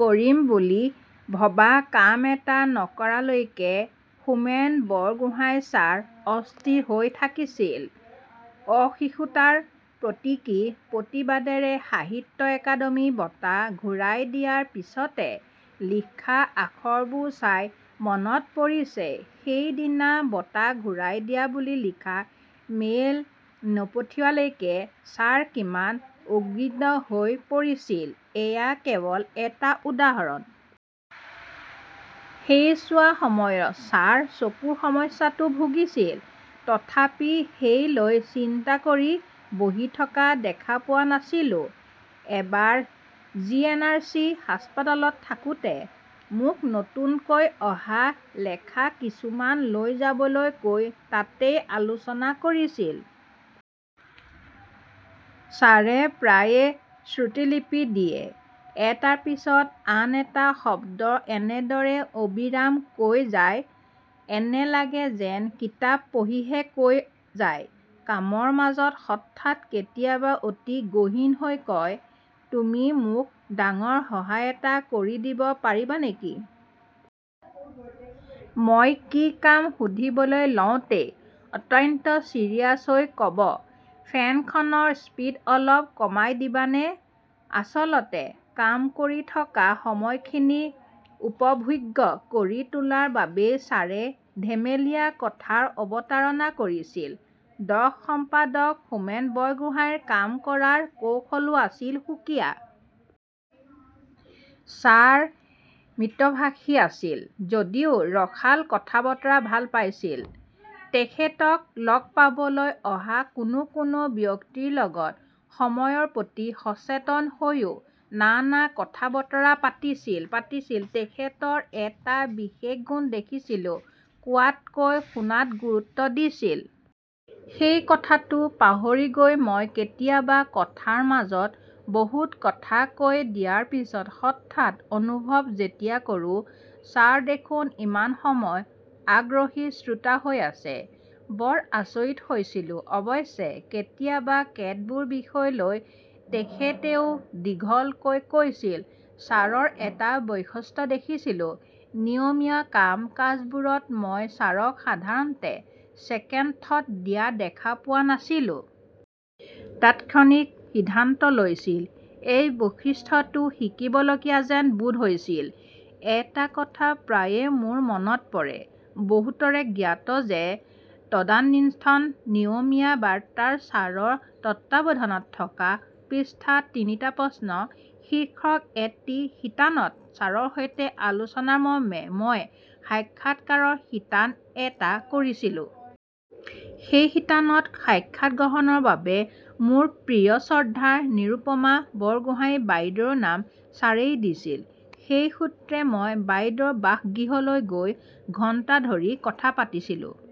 কৰিম বুলি ভবা কাম এটা নকৰালৈকে হোমেন বৰগোহাঞি ছাৰ অস্থিৰ হৈ থাকিছিল৷ অহিষুতাৰ প্ৰতীকী প্ৰতিবাদেৰে সাহিত্য অকাডেমি বঁটা ঘূৰাই দিয়াৰ পিছতে লিখা আখৰবোৰ চাই মনত পৰিছে সেইদিনা বঁটা ঘূৰাই দিয়া বুলি লিখা মেইল নপঠিওৱালৈকে ছাৰ কিমান উদ্বিগ্ন হৈ পৰিছিল৷ এয়া কেৱল এটা উদাৰণ। সেইছোৱা সময়ত ছাৰ চকুৰ সমস্যাতো ভুগিছিল। তথাপি সেই লৈ চিন্তা কৰি বহি থকা দেখা পোৱা নাছিলোঁ। এবাৰ জি এন আৰ চি হাস্পতালত থাকোতে মোক নতুনকৈ অহা লেখা কিছুমান লৈ যাবলৈ কৈ তাতেই আলোচনা কৰিছিল। ছাৰে প্ৰায়ে শ্ৰুতলিপি দিয়ে, এটাৰ পিছত আন এটা শব্দ এনেদৰে অবিৰাম কৈ যায়, এনে লাগে যেন কিতাপ পঢ়িহে কৈ যায়। কামৰ মাজত হঠাৎ কেতিয়াবা অতি গহীন হৈ কয়, তুমি মোক ডাঙৰ সহায় এটা কৰি দিব পাৰিবা নেকি? মই কি কাম সুধিবলৈ লওঁতেই অত্যন্ত ছিৰিয়াছ হৈ কব ফেনখনৰ স্পীড অলপ কমাই দিবানে৷ আচলতে কাম কৰি থকা সময়খিনি উপভোগ্য কৰি তোলাৰ বাবেই ছাৰে ধেমেলীয়া কথাৰ অবতাৰণা কৰিছিল। দক্ষ সম্পাদক হোমেন বৰগোহাঞিৰ কাম কৰাৰ কৌশলো আছিল সুকীয়া। ছাৰ মিতভাষী আছিল যদিও ৰসাল কথাবতৰা ভাল পাইছিল। তেখেতক লগ পাবলৈ অহা কোনো কোনো ব্যক্তিৰ লগত সময়ৰ প্ৰতি সচেতন হৈয়ো নানা কথা বতৰা পাতিছিল পাতিছিল। তেখেতৰ এটা বিশেষ গুণ দেখিছিলোঁ, কোৱাতকৈ শুনাত গুৰুত্ব দিছিল৷ সেই কথাটো পাহৰি গৈ মই কেতিয়াবা কথাৰ মাজত বহুত কথা কৈ দিয়াৰ পিছত হঠাৎ অনুভৱ যেতিয়া কৰোঁ ছাৰ দেখোন ইমান সময় আগ্ৰহী শ্ৰোতা হৈ আছে, বৰ আচৰিত হৈছিলোঁ৷ অৱশ্যে কেতিয়াবা কেতবোৰ বিষয় লৈ তেখেতেও দীঘলকৈ কৈছিল৷ ছাৰৰ এটা বৈশিষ্ট্য দেখিছিলোঁ, নিয়মীয়া কাম কাজবোৰত মই ছাৰক সাধাৰণতে ছেকেণ্ড থট দিয়া দেখা পোৱা নাছিলোঁ। তাৎক্ষণিক সিদ্ধান্ত লৈছিল, এই বৈশিষ্ট্যটো শিকিবলগীয়া যেন বোধ হৈছিল৷ এটা কথা প্ৰায়ে মোৰ মনত পৰে, বহুতৰে জ্ঞাত যে তদানীন্তন নিয়মীয়া বাৰ্তাৰ ছাৰৰ তত্ত্বাৱধানত থকা পৃষ্ঠাত তিনিটা প্ৰশ্ন শীৰ্ষক এটি শিতানত ছাৰৰ সৈতে আলোচনা মৰ্মে মই সাক্ষাৎকাৰৰ শিতান এটা কৰিছিলোঁ। সেই শিতানত সাক্ষাৎগ্ৰহণৰ বাবে মোৰ প্ৰিয় শ্ৰদ্ধাৰ নিৰুপমা বৰগোহাঁঞি বাইদেউৰ নাম ছাৰেই দিছিল৷ সেই সূত্ৰে মই বাইদেউৰ বাসগৃহলৈ গৈ ঘণ্টা ধৰি কথা পাতিছিলোঁ।